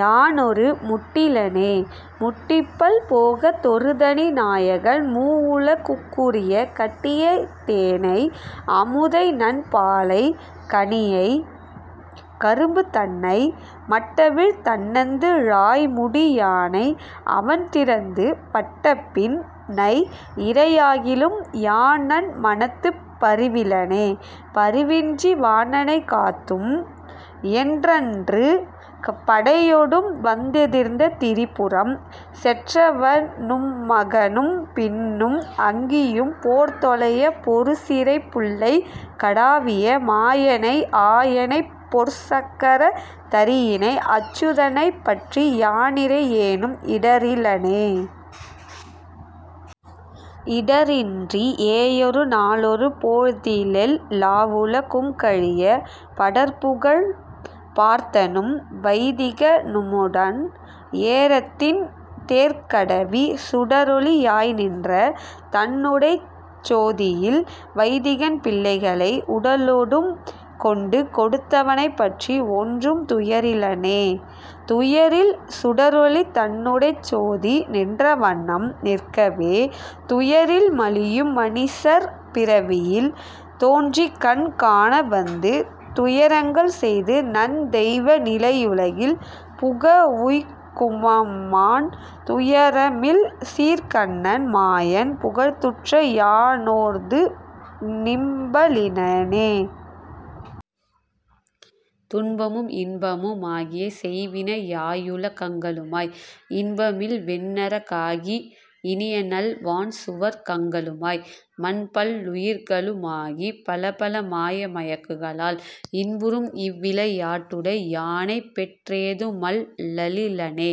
யானொரு முட்டிலனே.. முட்டில்பல் போகத் தொருதனி நாயகன் மூவுல குக்குரிய, கட்டியைத் தேனை அமுதைநன் பாலைக் கனியைக் கரும்புதன்னை, மட்டவிழ் தண்ணந்து ழாய்முடி யானை அவன்திறத்துப் பட்டபின் னை, இறை யாகிலும் யானென் மனத்துப் பரிவிலனே.. பரிவின்றி வாணனைக் காத்தும் என் றன்று படையொடும் வந்தெதிர்ந்த திரிபுரம் செற்றவ னும்மக னும்பின்னும் அங்கியும் போர்தொலைய, பொருசிறைப் புள்ளைக் கடாவிய மாயனை ஆயனைப் பொற்சக்கரத் தரியினை, அச்சுத னைப்பற்றி யானிறை யேனும் இடரிலனே.. இடரின்றி யேயொரு நாளொரு போழ்திலெல் லாவுல கும்கழிய, படர்ப்புகழ்ப் பார்த்தனும் வைதிக னுமுடன் ஏறத்திண் தேர்க்கடவி, சுடரொளி யாய்நின்ற தன்னுடைச் சோதியில் வைதிகன் பிள்ளைகளை, உடலொடும் கொண்டு கொடுத்தவ னைப்பற்றி ஒன்றும் துயரிலனே.. துயரில் சுடரொளி தன்னுடைச் சோதி நின்ற வண்ணம் நிற்கவே, துயரில் மலியும் மனிசர் பிறவியில் தோன்றிக்கண் காணவந்து, துயரங்கள் செய்து நன் தெய்வ நிலையுலகில் புக வுய்க்குமம்மான், துயரமில் சீர்க்கண்ணன் மாயன் புகழ்துற்ற யானோர்து ன்பமிலனே.. துன்பமும் இன்பமு மாகிய செய்வினை யாயுல கங்களுமாய், இன்பமில் வெந்நர காகி இனியநல் வான் சுவர்க் கங்களுமாய், மன்பல் லுயிர்களு மாகிப் பலபல மாய மயக்குகளால், இன்புரும் இவ்விளை யாட்டுடை யானைப்பெற் றேதுமல் லலிலனே..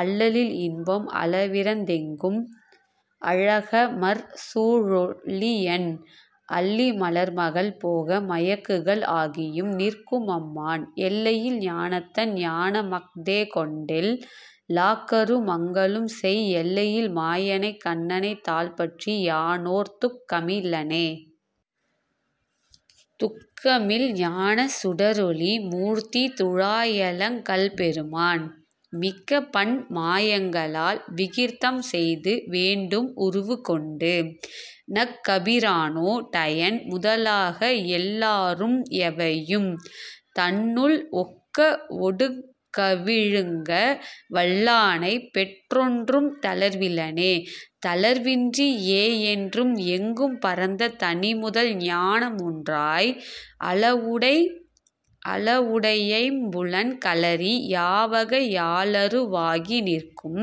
அல்லலில் இன்பம் அளவிறந் தெங்கும் அழகமர் சூழொளியன், அல்லி மலர்மகள் போக மயக்குகள் ஆகியும் நிற்குமம்மான், எல்லையில் ஞானத்தன் ஞானமஃதேகொண்டெல் லாக்கரு மங்களும்செய், எல்லையில் மாயனைக் கண்ணனைத் தாள்பற்றி யானோர்துக் கமிலனே.. துக்கமில் ஞானச் சுடரொளி மூர்த்தி துழாயலங் கல்பெருமான், மிக்கபன் மாயங்க ளால்விகிர் தம்செய்து வேண்டும் உருவுகொண்டு, நக்கபி ரானோ டயன்முத லாகஎல் லாரும் எவையும், தன்னுள் ஒக்கவொ டுங்கவி ழுங்கவல் லானைப்பெற் றொன்றும் தளர்விலனே.. தளர்வின்றி யேயென்றும் எங்கும் பரந்த தனிமுதல் ஞானமொன்றாய், அளவுடை அளவுடை யைம்புலன் களறி யாவகை யாலரு வாகிநிற்கும்,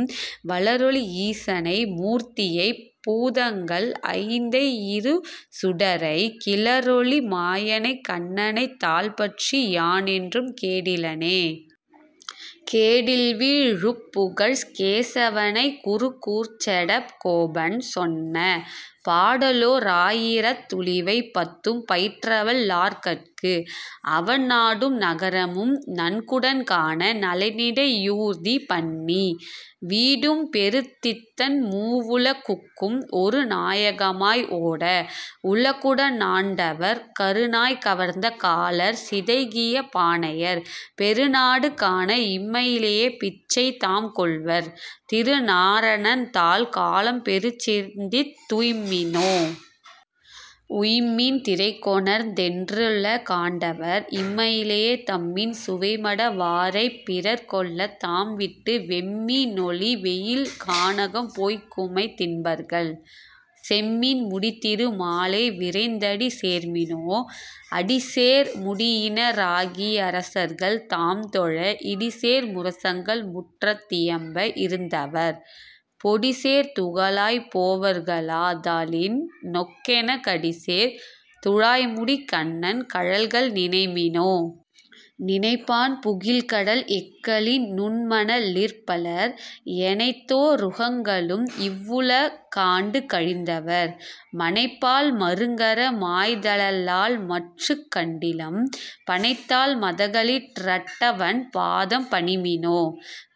வளரொளி ஈசனை மூர்த்தியைப் பூதங்கள் ஐந்தை யிருசுடரை, கிளரொளி மாயனைக் கண்ணனைத் தாள்பற்றி யானென்றும் கேடிலனே. கேடில்வி ழுப்புகழ்க் கேசவ னைக்குரு கூர்ச்சட கோபன் சொன்ன, பாடலோ ராயிரத் துளிவை பத்தும் பயிற்றவல் லார்கட்கு, அவன் நாடும் நகரமும் நன்குடன் காண நலனிடை யூர்தி பண்ணி, வீடும்பெ றுத்தித்தன் மூவுல குக்கும் ஒருநா யகமாய் ஓட, வுலகுட னாண்டவர், கருநாய் கவர்ந்த காலர் சிதைகிய பானையர், பெருநாடு காண இம்மையிலேபிச்சை தாம்கொள்வர், திருநாரணன்தாள் காலம் பெறச்சிந்தித் துய்ம்மினோ.. உய்ம்மின் திறைகொணர்ந் தென்றுலகாண்டவர், இம்மையே தம்மின் சுவைமட வாரைப்பிறர் கொள்ளத் தாம்விட்டு வெம்மி னொளிவெயில் கானகம்போய்க்குமை தின்பர்கள், செம்மின் முடித்திரு மாலைவிரைந்தடி சேர்மினோ.. அடிசேர் முடியின ராகியரசர்கள் தாம்தொழ, இடிசேர் முரசங்கள் முற்றத்தியம்ப இருந்தவர், பொடிசேர் துகளாய்ப் போவர்களாதலின் நொக்கென கடிசேர் துழாய்முடிக் கண்ணன் கழல்கள் நினைமினோ.. நினைப்பான் புகில்கடல் எக்கலின் நுண்மண லிற்பலர், எனைத்தோ ருகங்களும் இவ்வுல காண்டு கழிந்தவர், மனைப்பால் மருங்கற மாய்தலல்லால்மற்றுக் கண்டிலம், பனைத்தாள் மதகளி றட்டவன் பாதம் பணிமினோ..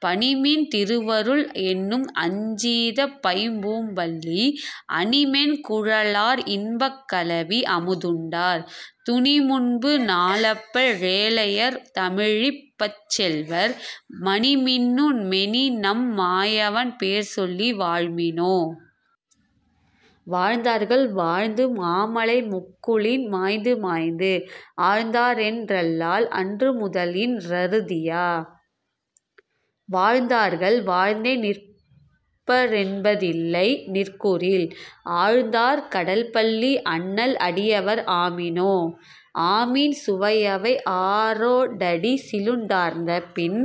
பணிமின் திருவருள் என்னும்அஞ்சீதப் பைம்பூம்பள்ளி, அணிமென் குழலார் இன்பக்கலவி அமுதுண்டார், துணிமுன்பு நாலப்பல் லேழையர் தாமிழிப் பச்செல்வர், மணிமின்னு மேனிநம் மாயவன் பேர்சொல்லி வாழ்மினோ.. வாழ்ந்தார்கள் வாழ்ந்தது மாமழை மொக்குளின் மாய்ந்துமாய்ந்து, ஆழ்ந்தாரென் றல்லால் அன்று முதலின் றறுதியா, வாழ்ந்தார்கள் வாழ்ந்தே நிற்பரென் பதில்லை நிற்குறில், ஆழ்ந்தார் கடல்பள்ளி அண்ணல் அடியவர் ஆமினோ.. ஆமின் சுவையவை ஆறொடடிசிலுண் டார்ந்தபின்,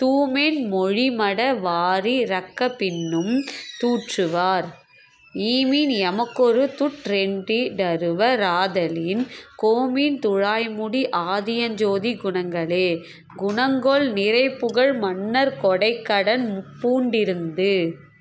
தூமென் மொழிமட வாரிரக்கப்பின்னும் துற்றுவார், ஈமின் எமக்கொரு துற் றென்றிடறுவ ராதலின், கோமின் துழாய்முடி ஆதியஞ்சோதி குணங்களே.. குணங்கொள் நிறைபுகழ் மன்னர்க்கொடைக்கடன் பூண்டிருந்து,